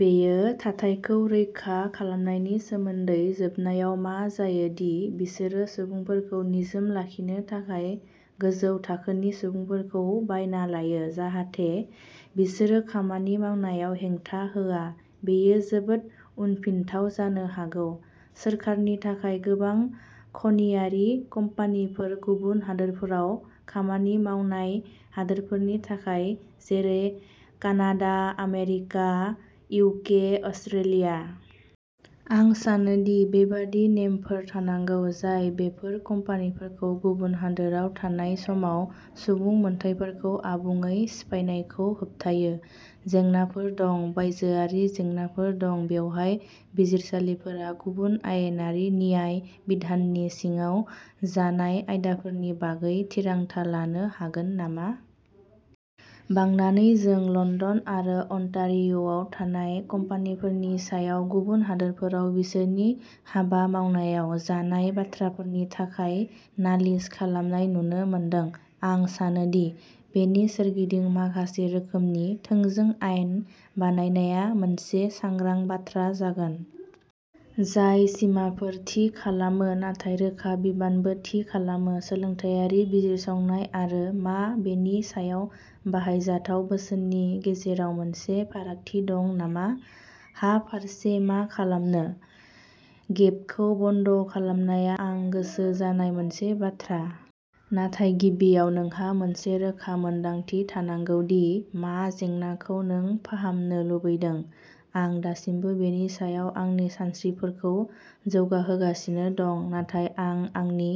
बेयो थाथायखौ रैखा खालामनायनि सोमोन्दै, जोबनायाव मा जायो दि बिसोरो सुबुंफोरखौ निजोम लाखिनो थाखाय गोजौ थाखोनि सुबुंफोरखौ बायना लायो, जाहाथे बिसोरो खामानि मावनायाव हेंथा होआ। बेयो जोबोद उनफिनथाव जानो हागौ। सोरखारनि थाखाय गोबां खनियारि कम्पानिफोर गुबुन हादोरफोराव खामानि मावनाय हादोरफोरनि थाखाय, जेरै कानाडा, आमेरिका, इउके, अस्ट्रेलिया । आं सानो दि बेबादि नेमफोर थानांगौ जाय बेफोर कम्पानिफोरखौ गुबुन हादोराव थानाय समाव सुबुं मोनथायफोरखौ आबुङै सिफायनायखौ होबथायो। जेंनाफोर दं, बायजोआरिनि जेंनाफोर दं, बेवहाय बिजिरसालिफोरा गुबुन आयेनारि न्याय बिधाननि सिङाव जानाय आयदाफोरनि बागै थिरांथा लानो हागोन नामा? बांनानै जों लण्डन आरो अन्टारिय'आव थानाय कम्पानिफोरनि सायाव गुबुन हादोरफोराव बिसोरनि हाबा मावनायाव जानाय बाथ्राफोरनि थाखाय नालिस खालामनाय नुनो मोनदों। आं सानो दि बेनि सोरगिदिं माखासे रोखोमनि थोंजों आयेन बानायनाया मोनसे सांग्रां बाथ्रा जागोन। जाय सिमाफोर थि खालामो, नाथाय रोखा बिबानबो थि खालामो। सोलोंथायारि बिजिरसंनाय आरो मा बेनि सायाव बाहायजाथाव बोसोननि गेजेराव मोनसे फारागथि दं नामा? हा फारसे मा खालामनो? गेपखौ बन्द खालामनाया आं गोसो जानाय मोनसे बाथ्रा। नाथाय गिबियाव नोंहा मोनसे रोखा मोनदांथि थानांगौ दि मा जेंनाखौ नों फाहामनो लुबैदों। आं दासिमबो बेनि सायाव आंनि सानस्रिफोरखौ जौगाहोगासिनो दं। नाथाय आं आंनि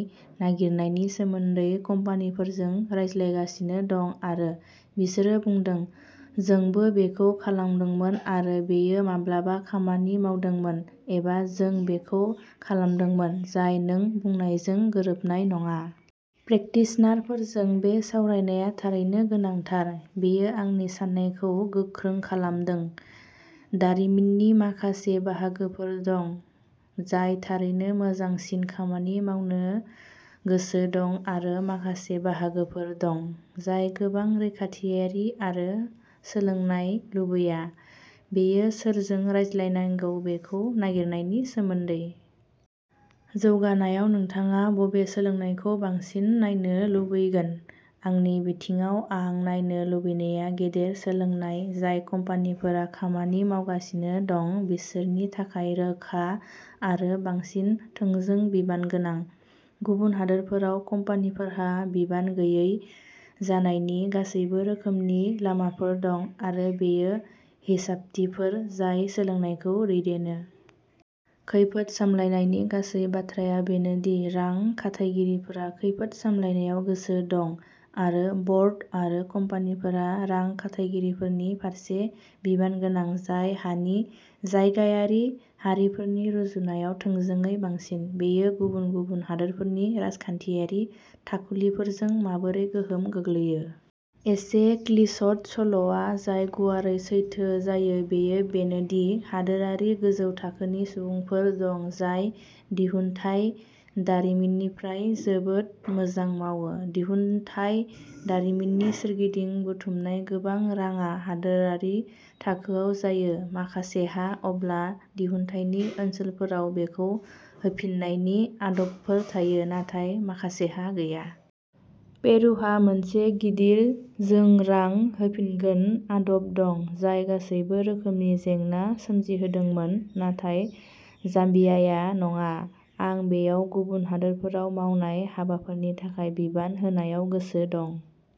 नागिरनायनि सोमोन्दै कम्पानिफोरजों रायज्लायगासिनो दं आरो बिसोरो बुंदों, "जोंबो बेखौ खालामदोंमोन आरो बेयो माब्लाबा खामानि मावदोंमोन", एबा "जों बेखौ खालामदोंमोन, जाय नों बुंनायजों गोरोबनाय नङा।" प्रेकटिशनारफोरजों बे सावरायनाया थारैनो गोनांथार, बेयो आंनि साननायखौ गोख्रों खालामदों। दारिमिननि माखासे बाहागोफोर दं जाय थारैनो मोजांसिन खामानि मावनो गोसो दं आरो माखासे बाहागोफोर दं जाय गोबां रैखाथियारि आरो सोलोंनाय लुबैया। बेयो सोरजों रायज्लायनांगौ बेखौ नागिरनायनि सोमोन्दै। जौगानायाव नोंथाङा बबे सोलायनायखौ बांसिन नायनो लुबैगोन? आंनि बिथिङाव, आं नायनो लुबैनाया गेदेर सोलायनाय जाय कम्पानिफोरा खामानि मावगासिनो दं बिसोरनि थाखाय रोखा आरो बांसिन थोंजों बिबानगोनां। गुबुन हादोरफोराव कम्पानिफोरहा बिबान गैयै जानायनि गासैबो रोखोमनि लामाफोर दं आरो बेयो हिसाबथिफोर जाय सोलायनायखौ दैदेनो। खैफोद सामलायनायनि गासै बाथ्राया बेनो दि रां खाथायगिरिफोरा खैफोद सामलायनायाव गोसो दं आरो ब'र्ड आरो कम्पानिफोरा रां खाथायगिरिफोरनि फारसे बिबान गोनां जाय हानि जायगायारि हारिफोरनि रुजुनायाव थोंजोङै बांसिन। बेयो गुबुन गुबुन हादोरफोरनि राजखान्थियारि थाखुलिफोरजों माबोरै गोहोम गोग्लैयो? एसे क्लिचड सल'आ जाय गुवारै सैथो जायो बेयो बेनो दि हादोरारि गोजौ थाखोनि सुबुंफोर दं जाय दिहुनथाय दारिमिननिफ्राय जोबोद मोजां मावो। दिहुनथाय दारिमिननि सोरगिदिं बुथुमनाय गोबां रांआ हादोरारि थाखोआव जायो। माखासेहा अब्ला दिहुनथायनि ओनसोलफोराव बेखौ होफिन्नायनि आदबफोर थायो, नाथाय माखासेहा गैया। पेरुहा मोनसे गिदिर "जों रां होफिनगोन" आदब दं, जाय गासैबो रोखोमनि जेंना सोमजिहोदोंमोन, नाथाय जाम्बियाया नङा। आं बेयाव गुबुन हादोरफोराव मावनाय हाबाफोरनि थाखाय बिबान होनायाव गोसो दं।